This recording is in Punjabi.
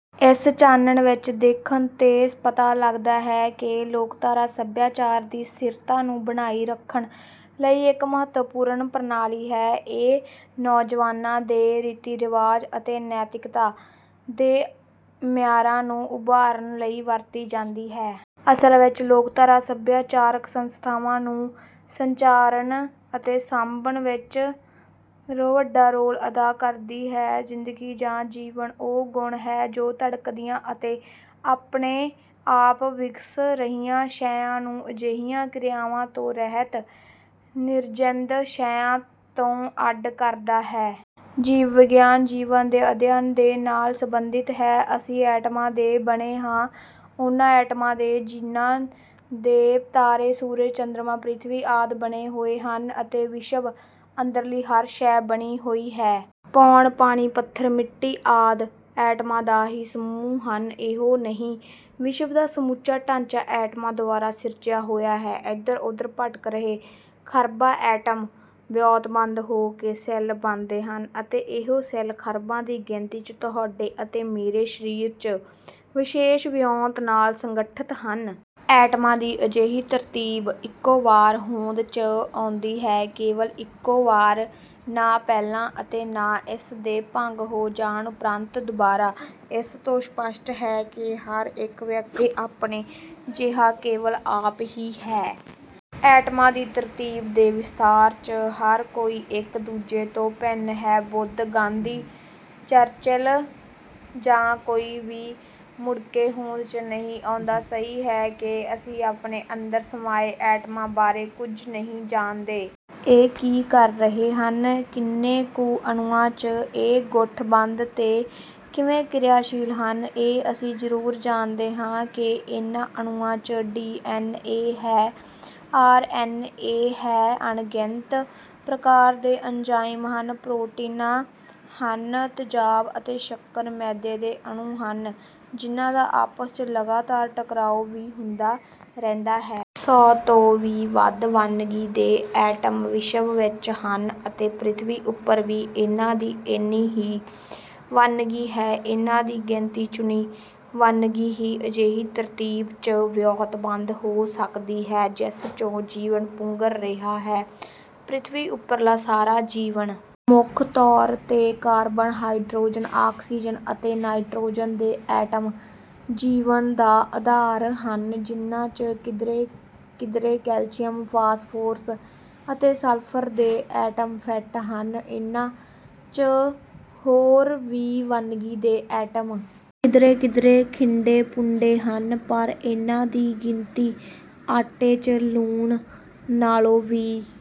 ਇਸ ਚਾਨਣ ਵਿਚ ਦੇਖਣ ਤੇ ਪਤਾ ਲੱਗਦਾ ਹੈ ਕਿ ਲੋਕਧਾਰਾ ਸਭਿਆਚਾਰ ਦੀ ਸਥਿਰਤਾ ਨੂੰ ਬਣਾਈ ਰੱਖਣ ਲਈ ਇੱਕ ਮਹੱਤਵਪੂਰਨ ਪ੍ਰਣਾਲੀ ਹੈ। ਇਹ ਨੌਜਵਾਨਾਂ ਦੇ ਰੀਤੀ ਰਿਵਾਜ ਅਤੇ ਨੈਤਿਕਤਾ ਦੇ ਮਿਆਰਾਂ ਨੂੰ ਉਭਾਰਨ ਲਈ ਵਰਤੀ ਜਾਂਦੀ ਹੈ। ਅਸਲ ਵਿੱਚ ਲੋਕਧਾਰਾ ਸਭਿਆਚਾਰਕ ਸੰਸਥਾਵਾਂ ਨੂੰ ਸੰਚਾਰਨ ਅਤੇ ਸਾਂਭਣ ਵਿਚ ਵੱਡਾ ਰੋਲ ਅਦਾ ਕਰਦੀ ਹੈ। ਜ਼ਿੰਦਗੀ ਜਾਂ ਜੀਵਨ ਉਹ ਗੁਣ ਹੈ ਜੋ ਧੜਕਦੀਆਂ ਅਤੇ ਆਪਣੇ ਆਪ ਵਿਗਸ ਰਹੀਆਂ ਸ਼ੈਆਂ ਨੂੰ ਅਜਿਹੀਆਂ ਕਿਰਿਆਵਾਂ ਤੋਂ ਰਹਿਤ ਨਿਰਜਿੰਦ ਸ਼ੈਆਂ ਤੋਂ ਅੱਡ ਕਰਦਾ ਹੈ। ਜੀਵ ਵਿਗਿਆਨ ਜੀਵਨ ਦੇ ਅਧਿਅਨ ਦੇ ਨਾਲ ਸੰਬੰਧਿਤ ਹੈ। ਅਸੀਂ ਐਟਮਾਂ ਦੇ ਬਣੇ ਹਾਂ, ਉਨ੍ਹਾਂ ਐਟਮਾਂ ਦੇ ਜਿਨ੍ਹਾਂ ਦੇ ਤਾਰੇ, ਸੂਰਜ, ਚੰਦਰਮਾ, ਪ੍ਰਿਥਵੀ ਆਦਿ ਬਣੇ ਹੋਏ ਹਨ ਅਤੇ ਵਿਸ਼ਵ ਅੰਦਰਲੀ ਹਰ ਸ਼ੈਅ ਬਣੀ ਹੋਈ ਹੈ। ਪੌਣ, ਪਾਣੀ, ਪੱਥਰ, ਮਿੱਟੀ ਆਦਿ ਐਟਮਾਂ ਦਾ ਹੀ ਸਮੂਹ ਹਨ। ਇਹੋ ਨਹੀਂ, ਵਿਸ਼ਵ ਦਾ ਸਮੁੱਚਾ ਢਾਂਚਾ ਐਟਮਾਂ ਦੁਆਰਾ ਸਿਰਜਿਆ ਹੋਇਆ ਹੈ। ਐਧਰ ਓਧਰ ਭਟਕ ਰਹੇ ਖ਼ਰਬਾਂ ਐਟਮ ਵਿਉਂਤਬੱਧ ਹੋ ਕੇ ਸੈੱਲ ਬਣਦੇ ਹਨ ਅਤੇ ਇਹੋ ਸੈੱਲ, ਖ਼ਰਬਾਂ ਦੀ ਗਿਣਤੀ 'ਚ, ਤੁਹਾਡੇ ਅਤੇ ਮੇਰੇ ਸਰੀਰ 'ਚ ਵਿਸ਼ੇਸ਼ ਵਿਉਂਤ ਨਾਲ ਸੰਗਿਠਤ ਹਨ। ਐਟਮਾਂ ਦੀ ਅਜਿਹੀ ਤਰਤੀਬ ਇਕੋ ਵਾਰ ਹੋਂਦ 'ਚ ਆਉਂਦੀ ਹੈ, ਕੇਵਲ ਇਕੋ ਵਾਰ, ਨਾ ਪਹਿਲਾਂ ਅਤੇ ਨਾ ਇਸ ਦੇ ਭੰਗ ਹੋ ਜਾਣ ਉਪਰੰਤ, ਦੁਬਾਰਾ। ਇਸ ਤੋਂ ਸਪੱਸ਼ਟ ਹੈ ਕਿ ਹਰ ਇਕ ਵਿਅਕਤੀ ਆਪਣੇ ਜਿਹਾ ਕੇਵਲ ਆਪ ਹੀ ਹੈ। ਐਟਮਾਂ ਦੀ ਤਰਤੀਬ ਦੇ ਵਿਸਥਾਰ 'ਚ ਹਰ ਕੋਈ ਇਕ ਦੂਜੇ ਤੋਂ ਭਿੰਨ ਹੈ। ਬੁੱਧ, ਗਾਂਧੀ, ਚਰਚਿਲ ਜਾਂ ਕੋਈ ਵੀ ਮੁੜਕੇ ਹੋਂਦ 'ਚ ਨਹੀਂ ਆਉਂਦਾ। ਸਹੀ ਹੈ ਕਿ ਅਸੀਂ ਆਪਣੇ ਅੰਦਰ ਸਮਾਏ ਐਟਮਾਂ ਬਾਰੇ ਕੁਝ ਨਹੀਂ ਜਾਣਦੇ। ਇਹ ਕੀ ਕਰ ਰਹੇ ਹਨ, ਕਿੰਨੇ ਕੁ ਅਣੂਆਂ 'ਚ ਇਹ ਗੁਠਬੰਦ ਤੇ ਕਿਵੇਂ ਕ੍ਰਿਆਸ਼ੀਲ ਹਨ। ਇਹ ਅਸੀਂ ਜ਼ਰੂਰ ਜਾਣਦੇ ਹਾਂ ਕਿ ਇਨ੍ਹਾਂ ਅਣੂਆਂ 'ਚ ਡੀ ਐਨ ਏ ਹੈ, ਆਰ ਐਨ ਏ ਹੈ, ਅਣਗਿਣਤ ਪ੍ਰਕਾਰ ਦੇ ਐਨਜ਼ਾਈਮ ਹਨ, ਪ੍ਰੋਟੀਨਾਂ ਹਨ, ਤੇਜ਼ਾਬ ਅਤੇ ਸ਼ੱਕਰ ਮੈਦੇ ਦੇ ਅਣੂ ਹਨ, ਜਿਨ੍ਹਾਂ ਦਾ ਆਪਸ 'ਚ ਲਗਾਤਾਰ ਟਕਰਾਓ ਵੀ ਹੁੰਦਾ ਰਹਿੰਦਾ ਹੈ। ਸੌ ਤੋਂ ਵੀ ਵੱਧ ਵੰਨਗੀ ਦੇ ਐਟਮ ਵਿਸ਼ਵ ਵਿਚ ਹਨ ਅਤੇ ਪ੍ਰਿਥਵੀ ਉਪਰ ਵੀ ਇਨ੍ਹਾਂ ਦੀ ਇੰਨੀ ਹੀ ਵੰਨਗੀ ਹੈ। ਇਨ੍ਹਾਂ ਦੀ ਗਿਣੀ ਚੁਣੀ ਵੰਨਗੀ ਹੀ ਅਜਿਹੀ ਤਰਤੀਬ 'ਚ ਵਿਉਂਤਬਧ ਹੋ ਸਕੀ ਹੈ, ਜਿਸ 'ਚੋਂ ਜੀਵਨ ਪੁੰਗਰ ਰਿਹਾ ਹੈ, ਪ੍ਰਿਥਵੀ ਉਪਰਲਾ ਸਾਰਾ ਜੀਵਨ। ਮੁੱਖ ਤੌਰ 'ਤੇ ਕਾਰਬਨ, ਹਾਈਡ੍ਰੋਜਨ, ਆਕਸੀਜ਼ਨ ਅਤੇ ਨਾਈਟ੍ਰੋਜਨ ਦੇ ਐਟਮ ਜੀਵਨ ਦਾ ਆਧਾਰ ਹਨ, ਜਿਨ੍ਹਾਂ 'ਚ ਕਿਧਰੇ ਕਿਧਰੇ ਕੈਲਸ਼ੀਅਮ, ਫਾਸਫੋਰਸ ਅਤੇ ਸਲਫਰ ਦੇ ਐਟਮ ਫਿੱਟ ਹਨ। ਇਨ੍ਹਾਂ 'ਚ ਹੋਰ ਵੀ ਵੰਨਗੀ ਦੇ ਐਟਮ ਕਿਧਰੇ ਕਿਧਰੇ ਖਿੰਡੇ ਪੁੰਡੇ ਹਨ, ਪਰ ਇਨ੍ਹਾਂ ਦੀ ਗਿਣਤੀ ਆਟੇ 'ਚ ਲੂਣ ਨਾਲੋਂ ਵੀ